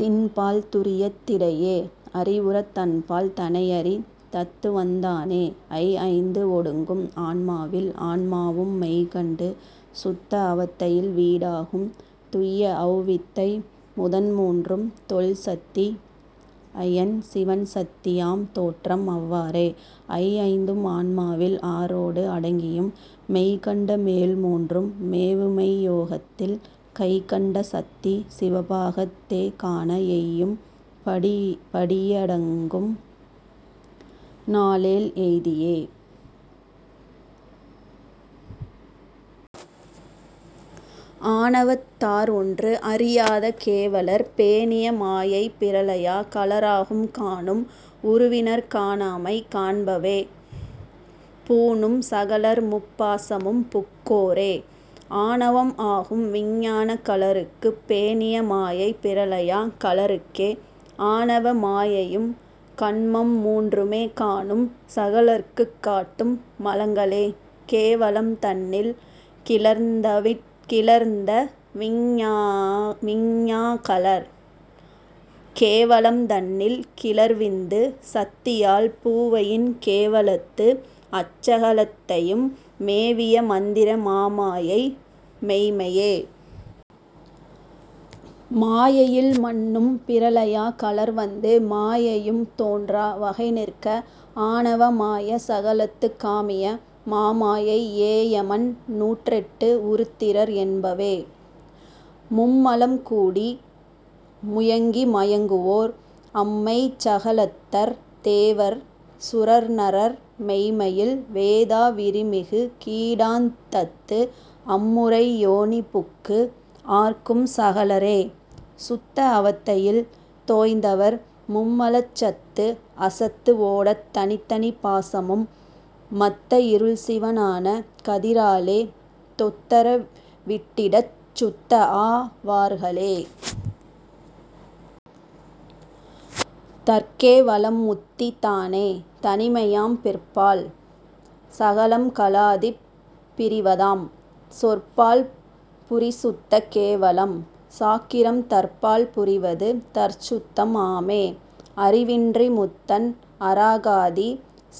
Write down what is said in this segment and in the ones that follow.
தின்பால் துரியத் திடையே அறிவுறத் தன்பால் தனையறி தத்துவந் தானே. ஐ ஐந்து ஒடுங்கும் ஆன்மாவில் ஆன்மாவும் மெய்கண்டு சுத்த அவத்தையில் வீடாகும் துய்யஅவ் வித்தை முதன்மூன்றும் தொல்சத்தி ஐயன் சிவன்சத்தி யாம்தோற்றம் அவ்வாறே. ஐஐந்தும் ஆன்மாவில் ஆறோடு அடங்கியும் மெய்கண்ட மேல்மூன்றும் மேவுமெய் யோகத்தில் கைகண்ட சத்தி சிவபாகத் தேகாண எய்யும் படியடங்கும் நாலேழ் எய்தியே. ஆணவத் தார்ஒன்று அறியாத கேவலர் பேணிய மாயைப் பிரளயா கலராகும் காணும் உருவினர் காணாமை காண்பவே பூணும் சகலர்முப் பாசமும் புக்கோரே. ஆணவம் ஆகும் விஞ்ஞான கலருக்குப் பேணிய மாயை பிரளயா கலருக்கே ஆணவ மாயையும் கன்மம் மூன்றுமே காணும் சகலர்க்குக் காட்டும் மலங்களே கேவலம் தன்னில் கிளர்ந்தவிஞ் ஞாகலர் கேவலம் தன்னில் கிளர்விந்து சத்தியால் பூவயின் கேவலத்து அச்சக லத்தையும் மேவிய மந்திர மாமாயை மெய்ம்மையே. மாயையில் மன்னும் பிரளயா கலர்வந்து மாயையும் தோன்றா வகைநிற்க ஆணவ மாய சகலத்துக் காமிய மாமாயை ஏயமன் நூற்றெட்டு உருத்திரர் என்பவே. மும்மலம் கூடி முயங்கி மயங்குவோர் அம்மெய்ச் சகலத்தர் தேவர் சுரர்நரர் மெய்ம்மையில் வேதா விரிமிகு கீடாந்தத்து அம்முறை யோனிபுக்கு ஆர்க்கும் சகலரே. சுத்த அவத்தையில் தோய்ந்தவர் மும்மலச் சத்துஅசத்து ஓடத் தனித்தனி பாசமும் மத்த இருள்சிவ னான கதிராலே தொத்தற விட்டிடச் சுத்தஆ வார்களே. தற்கே வலம்முத்தி தானே தனிமையாம் பிற்பால் சகலம் கலாதிப் பிறிவதாம் சொற்பால் புரிசுத்த கேவலம் சாக்கிரம் தற்பால் புரிவது தற்சுத்தம் ஆமே. அறிவின்றி முத்தன் அராகாதி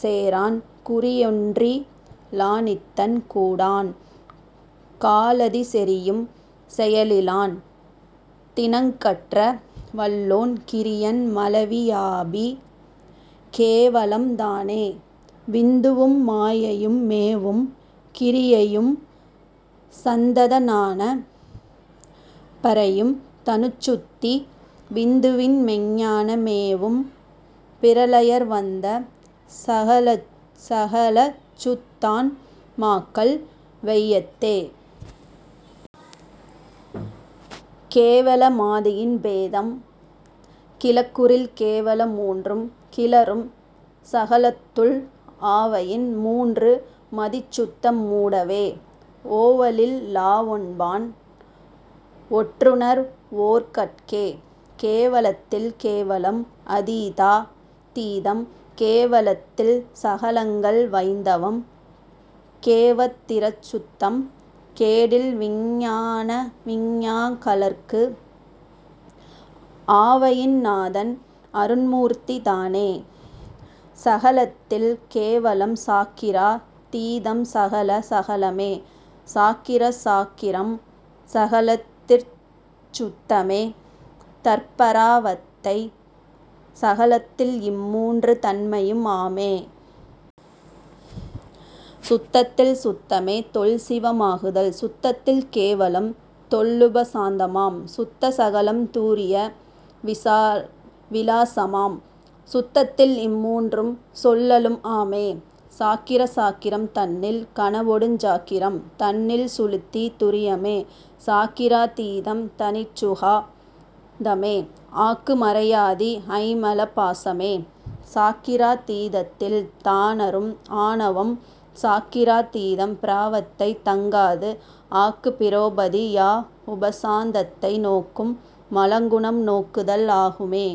சேரான் குறியொன்றி லாநித்தன் கூடான் காலதி செறியும் செயலிலான் தினங்கற்ற வல்லோன் கிறியன் மலவியாபி கேவலம் தானே. விந்துவும் மாயையும் மேவும் கிரியையும் சந்தத ஞான பரையும் தனுச்சுத்தி விந்துவின் மெய்ஞ்ஞான மேவும் பிரளயர் வந்த சகலசுத் தான்மாக்கள் வையத்தே. கேவல மாதியின் பேதம் கிளக்குறில் கேவல மூன்றும் கிளரும் சகலத்துள் ஆவயின் மூன்று மதிசுத்த மூடவே ஓவலில் லாஒன்பான் ஒற்றுணர் வோர்கட்கே. கேவலத்தில் கேவலம் அதீதா தீதம் கேவலத் தில்சகலங்கள் வயிந்தவம் கேவத் திறசுத்தம் கேடில்விஞ் ஞாகலர்க்கு ஆவயின் நாதன் அருண்மூர்த்தி தானே. சகலத்தில் கேவலம் சாக்கிரா தீதம் சகல சகலமே சாக்கிர சாக்கிரம் சகலத்திற் சுத்தமே தற்பரா வத்தை சகலத்தில் இம்மூன்று தன்மையும் ஆமே. சுத்தத்தில் சுத்தமே தொல்சிவ மாகுதல் சுத்தத்தில் கேவலம் தொல்லுப சாந்தமாம் சுத்த சகலம் துரிய விலாசமாம் சுத்தத்தில் இம்மூன்றும் சொல்லலும் ஆமே. சாக்கிர சாக்கிரம் தன்னில் கனவொடுஞ் சாக்கிரம் தன்னில் சுழுத்தி துரியமே சாக்கிரா தீதம் தனிற்சுகா னந்தமே ஆக்கு மறையாதி ஐம்மல பாசமே. சாக்கிரா தீதத்தில் தானறும் ஆணவம் சாக்கிரா தீதம் பிராவத்தை தங்காது ஆக்கு பரோபதி யாஉப சாந்தத்தை நோக்கும் மலங்குணம் நோக்குதல் ஆகுமே.